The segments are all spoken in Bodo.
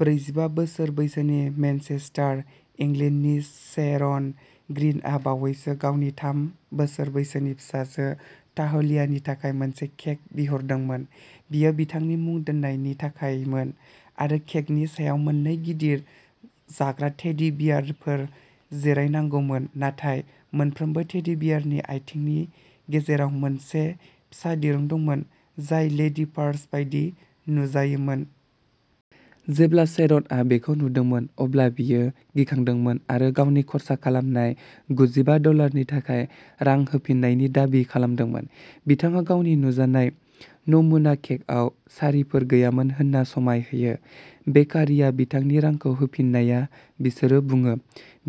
ब्रैजिबा बोसोर बैसोनि मेनचेस्टार, इंलेन्डनि शेरन ग्रीनआ बावैसो गावनि थाम बोसोर बैसोनि फिसाजो ताहलियानि थाखाय मोनसे केक बिहरदोंमोन। बेयो बिथांनि मुं दोननायनि थाखायमोन आरो केकनि सायाव मोननै गिदिर जाग्रा टेडी बियारफोर जिरायनांगौमोन। नाथाय मोनफ्रोमबो टेडी बियारनि आथिंनि गेजेराव मोनसे फिसा दिरुं दंमोन, जाय लेदि पार्ट्स बायदि नुजायोमोन। जेब्ला शेरनआ बेखौ नुदोंमोन, अब्ला बियो गिखांदोंमोन आरो गावनि खर्सा खालामनाय गुजिबा डलारनि थाखाय रां होफिन्नायनि दाबि खालामदोंमोन। बिथाङा गावनि नुजानाय नमुना केकआव सारिफोर गैयामोन होन्ना समाय होयो। बेकारीया बिथांनि रांखौ होफिन्नाया बिसोरो बुङो,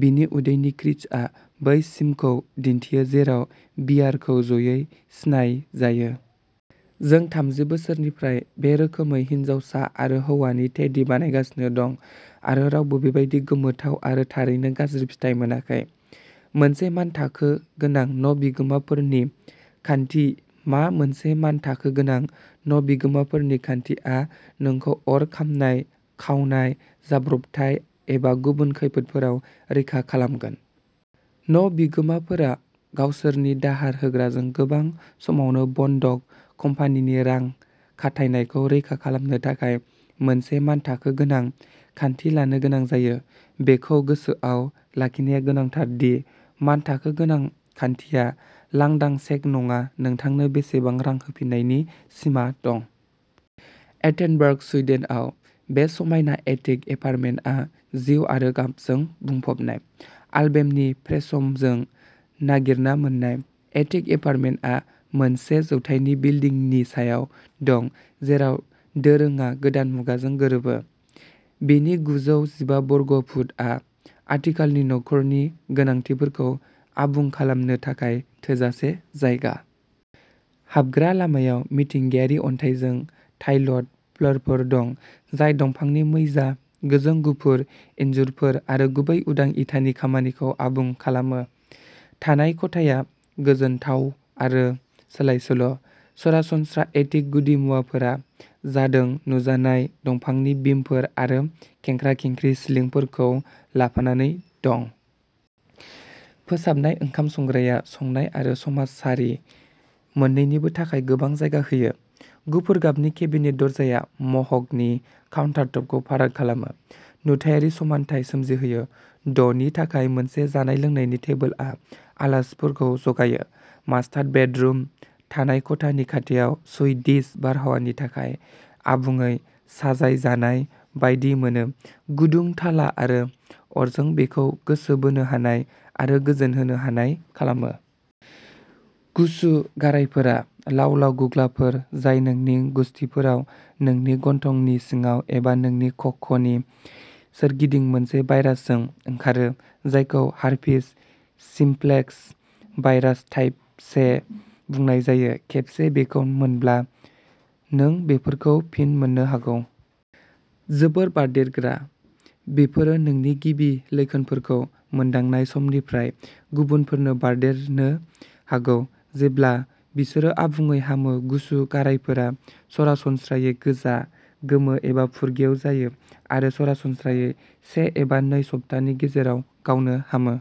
बिनि उदैनि क्रिजआ बै सिमखौ दिन्थियो जेराव बियारखौ ज'यै सिनाय जायो। जों थामजि बोसोरनिफ्राय बे रोखोमै हिनजावसा आरो हौवानि टेडी बानायगासिनो दं आरो रावबो बेबादि गोमोथाव आरो थारैनो गाज्रि फिथाइ मोनाखै। मोनसे मानथाखो गोनां न' बिगोमाफोरनि खान्थि मा मोनसे मानथाखो गोनां न' बिगोमाफोरनि खान्थि आ नोंखौ अर खामनाय, खावनाय, जाब्रबथाय एबा गुबुन खैफोदफोराव रैखा खालामगोन। न' बिगोमाफोरा गावसोरनि दाहार होग्राजों गोबां समावनो बन्दक कम्पानिनि रां खाथायनायखौ रैखा खालामनो थाखाय मोनसे मानथाखो गोनां खान्थि लानो गोनां जायो। बेखौ गोसोआव लाखिनाया गोनांथार दि मानथाखो गोनां खान्थिया लांदां चेक नङा। नोंथांनो बेसेबां रां होफिन्नायनि सिमा दं। एथेनबार्ग, सुइडेनआव बे समायना एटिक एपार्टमेन्टआ जिउ आरो गाबजों बुंफबनाय। आलभेमनि फ्रेश'मजों नागिरना मोन्नाय, एटिक एपार्टमेन्टआ मोनसे जौथाइनि बिल्डिंनि सायाव दं जेराव दोरोङा गोदान मुगाजों गोरोबो। बेनि गुजौ जिबा बर्ग फुटआ आथिखालनि नखरनि गोनांथिफोरखौ आबुं खालामनो थाखाय थोजासे जायगा। हाबग्रा लामायाव मिथिंगायारि अन्थाइजों टाइलड फ्लोरफोर दं, जाय दंफांनि मैजा, गोजों गुफुर इनजुरफोर आरो गुबै उदां इटानि खामानिखौ आबुं खालामो। थानाय खथाया गोजोनथाव आरो सोलायसोल'। सरासनस्रा एटिक गुदिमुवाफोरा जादों नुजानाय दंफांनि बिमफोर आरो खेंख्रा-खेंख्रि सिलिंफोरखौ लाफानानै दं। फोसाबनाय ओंखाम संग्राया संनाय आरो समाजारि मोन्नैनिबो थाखाय गोबां जायगा होयो। गुफुर गाबनि केबिनेट दरजाया मह'गनि काउन्टारटपखौ फाराग खालामो, नुथायारि समानथाय सोमजिहोयो। द'नि थाखाय मोनसे जानाय-लोंनायनि टेबोलआ आलासिफोरखौ जगायो। मास्टार बेडरुम, थानाय खथानि खाथियाव, सुइडिश बारहावानि थाखाय आबुङै साजायजानाय बायदि मोनो गुदुं थाला आरो अरजों बेखौ गोसो बोनो हानाय आरो गोजोन होनो हानाय खालामो। गुसु गारायफोरा लाव-लाव गुग्लाफोर जाय नोंनि गुसथिफोराव, नोंनि गन्थंनि सिङाव एबा नोंनि खख'नि सोरगिदिं मोनसे भाइरासजों ओंखारो जायखौ हार्पिस सिम्प्लेक्स भाइरास टाइप से बुंनाय जायो। खेबसे बेखौ मोनब्ला, नों बेफोरखौ फिन मोननो हागौ। जोबोद बारदेरग्रा, बेफोरो नोंनि गिबि लैखोनफोरखौ मोनदांनाय समनिफ्राय गुबुनफोरनो बारदेरनो हागौ, जेब्ला बिसोरो आबुङै हामो गुसु गारायफोरा सरासनस्रायै गोजा, गोमो एबा फुरगेव जायो आरो सरासनस्रायै से एबा नै सप्तानि गेजेराव गावनो हामो।